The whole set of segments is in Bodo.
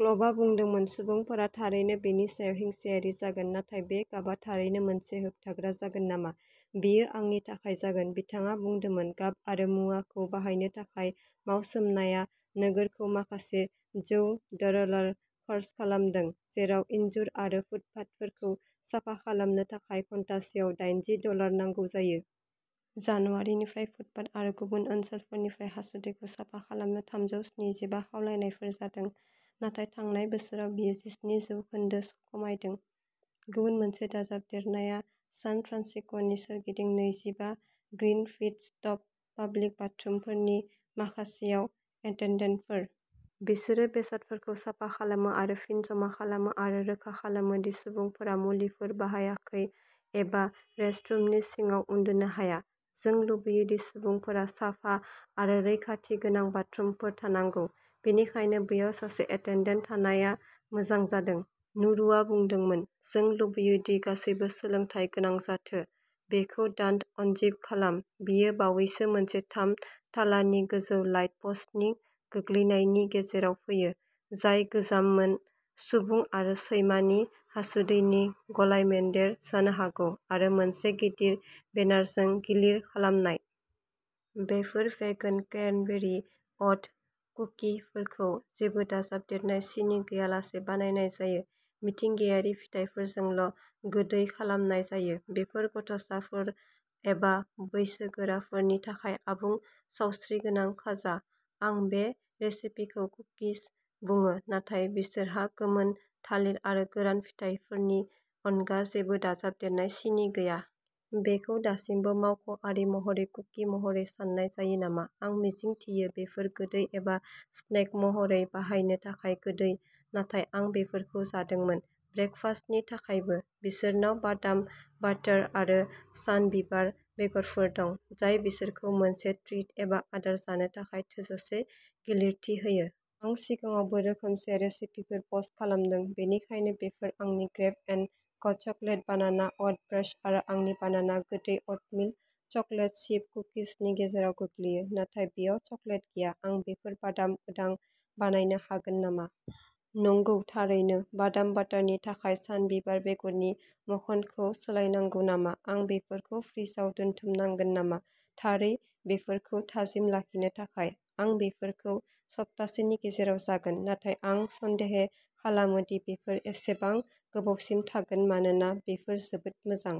कल्बआ बुंदोंमोन, सुबुंफोरा थारैनो बेनि सायाव हिंसायारि जागोन, नाथाय बे गाबआ थारैनो मोनसे होबथाग्रा जागोन नामा? बेयो आंनि थाखाय जागोन, बिथाङा बुंदोंमोन। गाब आरो मुवाखौ बाहायनो थाखाय मावसोमनाया नोगोरखौ माखासे जौ डलार खर्स खालामदों, जेराव इनजुर आरो फुटपाथफोरखौ साफा खालामनो थाखाय घन्टासेआव दाइनजि डलार नांगौ जायो। जानुवारिनिफ्राय, फुटपाथ आरो गुबुन ओनसोलफोरनिफ्राय हासुदैखौ साफा खालामनो थामजौ स्निजिबा खावलायनायफोर जादों। नाथाय थांनाय बोसोराव बेयो जिस्नि जौखोन्दो खमायदों। गुबुन मोनसे दाजाबदेरनाया सान फ्रान्सिक'नि सोरगिदिं नैजिबा ग्रीन पिट स्टप पाब्लिक बाथरुमफोरनि माखासेयाव एटेन्डेन्टफोर। बिसोरो बेसादफोरखौ साफा खालामो आरो फिन जमा खालामो आरो रोखा खालामो दि सुबुंफोरा मुलिफोर बाहायाखै एबा रेस्टरुमनि सिङाव उन्दुनो हाया। जों लुबैयो दि सुबुंफोरा साफा आरो रैखाथि गोनां बाथरुमफोर थानांगौ, बेनिखायनो बैयाव सासे एटेन्डेन्ट थानाया मोजां जादों। नुरुआ बुंदोंमोन, जों लुबैयो दि गासैबो सोलोंथाय गोनां जाथो। बेखौ दन्ट आनजिप खालाम। बेयो बावैसो मोनसे थाम थालानि गोजौ लाइट पस्टनि गोग्लैनायनि गेजेराव फैयो, जाय गोजाममोन, सुबुं आरो सैमानि हासुदैनि गलायमोन्देर जानो हागौ, आरो मोनसे गिदिर बेनारजों गिलिर खालामनाय। बेफोर भेगान क्रेनबेरि अ'ट कुकिफोरखौ जेबो दाजाबदेरनाय सिनि गैयालासे बानायनाय जायो, मिथिंगायारि फिथाइफोरजोंल' गोदै खालामनाय जायो। बेफोर गथ'साफोर एबा बैसोगोराफोरनि थाखाय आबुं सावस्रिगोनां खाजा। आं बे रेसिपिखौ कुकिज बुङो, नाथाय बिसोरहा गोमोन थालिर आरो गोरान फिथाइफोरनि अनगा जेबो दाजाबदेरनाय सिनि गैया। बेखौ दासिमबो मावख'आरि महरै कुकि महरै सान्नाय जायो नामा? आं मिजिंथियो बेफोर गोदै एबा स्नेक महरै बाहायनो थाखाय गोदै, नाथाय आं बेफोरखौ जादोंमोन। ब्रेकफास्टनि थाखायबो। बिसोरनाव बादाम बाटार आरो सानबिबार बेगरफोर दं, जाय बिसोरखौ मोनसे ट्रिट एबा आदार जानो थाखाय थोजासे गिलिरथि होयो। आं सिगाङावबो रोखोमसे रेसिपिफोर पस्ट खालामदों, बेनिखायनो बेफोर आंनि grab n go chocolate banana oat bars आरो आंनि बानाना गोदै अटमिल चकलेट चिप कुकिजनि गेजेराव गोग्लैयो, नाथाय बेयाव चकलेट गैया। आं बेफोर बादाम उदां बानायनो हागोन नामा? नंगौ, थारैनो। बादाम बाटारनि थाखाय सानबिबार बेगरनि माखनखौ सोलायनांगौ नामा? आं बेफोरखौ फ्रिजआव दोनथुमनांगोन नामा? थारै, बेफोरखौ थाजिम लाखिनो थाखाय। आं बेफोरखौ सप्तासेनि गेजेराव जागोन, नाथाय आं सन्देहे खालामो दि बेफोर एसेबां गोबावसिम थागोन मानोना बेफोर जोबोद मोजां।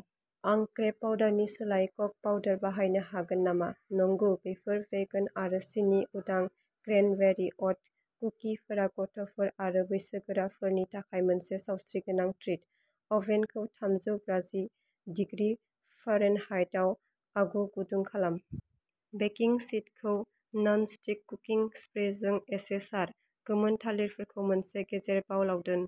आं क्रेब पाउडारनि सोलायै कक' पाउडार बाहायनो हागोन नामा? नंगौ! बेफोर भेगान आरो सिनि उदां क्रेनबेरि अ'ट कुकिफोरा गथ'फोर आरो बैसोगोराफोरनि थाखाय मोनसे सावस्रिगोनां ट्रिट! अभेनखौ थामजौ बाजि डीग्रि फारेनहाइटआव आगु गुदुं खालाम। बेकिं शीटखौ नन स्टिक कुकिं स्प्रेजों एसे सार। गोमोन थालिरफोरखौ मोनसे गेजेर बाउलआव दोन।